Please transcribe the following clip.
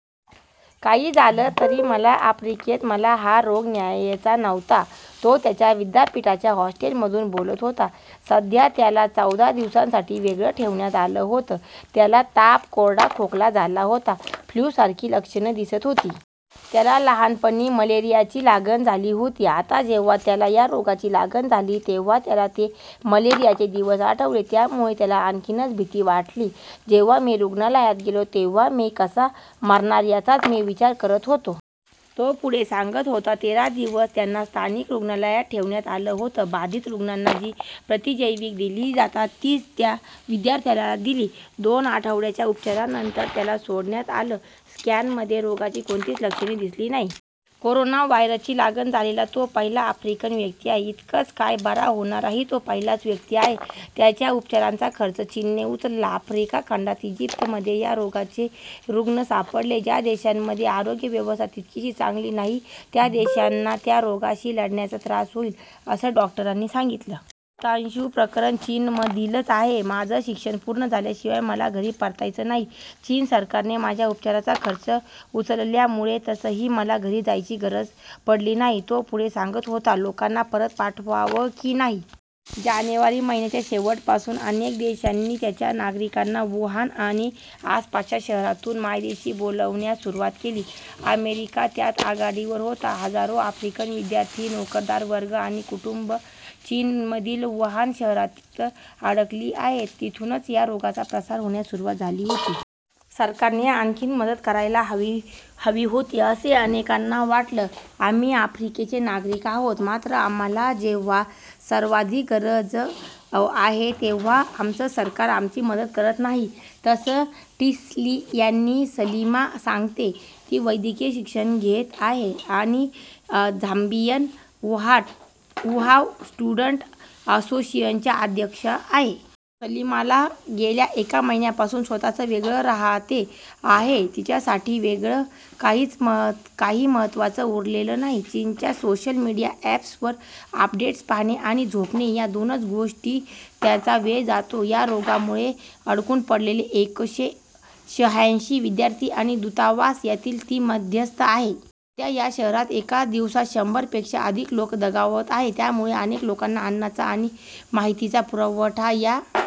काही झालं तरी मला आफ्रिकेत मला हा रोग न्यायचा नव्हता. तो त्याच्या विद्यापीठाच्या हॉस्टेलमधून बोलत होता. सध्या त्याला चौदा दिवसांसाठी वेगळं ठेवण्यात आलं होतं. त्याला ताप, कोरडा खोकला झाला होता. फ्लू सारखी लक्षणं दिसत होती. त्याला लहानपणी मलेरियाची लागण झाली होती. आता जेव्हा त्याला या रोगाची लागण झाली तेव्हा त्याला ते मलेरियाचे दिवस आठवले. त्यामुळे त्याला आणखीच भीती वाटली. जेव्हा मी रुग्णालयात गेलो तेव्हा मी कसा मरणार याचाच मी विचार करत होतो. तो पुढे सांगत होता. तेरा दिवस त्यांना स्थानिक रुग्णालयात ठेवण्यात आलं होतं. बाधित रुग्णांना जी प्रतिजैविकं दिली जातात तीच या विद्यार्थ्याला दिली. दोन आठवड्यांच्या उपचारानंतर त्याला सोडण्यात आलं. स्कॅनमध्ये रोगाची कोणतीच लक्षणं दिसली नाही. कोरोना व्हायरसची लागण झालेला तो पहिला अफ्रिकन व्यक्ती आहे. इतकंच काय बरा होणाराही तो पहिलाच व्यक्ती आहे. त्याच्या उपचारांचा खर्च चीनने उचलला. आफ्रिका खंडात इजिप्तमध्ये या रोगाचे रुग्ण सापडले. ज्या देशांमध्ये आरोग्य व्यवस्था तितकीशी चांगली नाही त्या देशांना या रोगाशी लढण्यास त्रास होईल असं अनेक डॉक्टरांनी सांगितलं. बहुतांश प्रकरणं चीनमधीलच आहे. माझं शिक्षण पूर्ण झाल्याशिवाय मला घरी परतायचं नाही. चीन सरकारने माझ्या उपचाराचा खर्च उचलल्यामुळे तसंही मला घरी जायची गरज पडली नाही. तो पुढे सांगत होता. लोकांना परत पाठवावं की नाही? जानेवारी महिन्याच्या शेवटापासून अनेक देशांनी त्यांच्या नागरिकांना वुहान आणि आसपासच्या शहरातून मायदेशी बोलावण्यास सुरुवात केली. अमेरिका त्यात आघाडीवर होता. हजारो अफ्रिकन विद्यार्थी, नोकरदार वर्ग आणि कुटुंबं चीनमधील वुहान शहरात अडकली आहेत. इथूनच या रोगाचा प्रसार होण्यास सुरुवात झाली होती. सरकारने आणखी मदत करायला हवी होती असं अनेकांना वाटतं. आम्ही आफ्रिकेचे नागरिक आहोत. मात्र आम्हाला जेव्हा सर्वाधिक गरज आहे तेव्हा आमचं सरकार आमची मदत करत नाहीये. असं टिस्लियानी सलिमा सांगते. ती वैद्यकीय शिक्षण घेत आहे आणि झांबियन वुहाव स्टुडंट असोसिएशनच्या अध्यक्ष आहे. सलीमा गेल्या एक महिन्यापासून स्वत:च वेगळ्या राहते आहे. तिच्यासाठी वेळेचं काही महत्त्वच उरलेलं नाही. चीनच्या सोशल मीडिया अप्स वर अपडेट्स पाहणे आणि झोपणे या दोनच गोष्टीतच त्यांचा वेळ जातो. या रोगामुळे अडकून पडलेले एकशे शहाऐंशी विद्यार्थी आणि दुतावास यांच्यातली ती मध्यस्थ आहे. सध्या या शहरात एका दिवसात शंभर पेक्षा अधिक लोक दगावत आहेत. त्यामुळे अनेक लोकांना अन्नाचा आणि माहितीचा पुरवठा या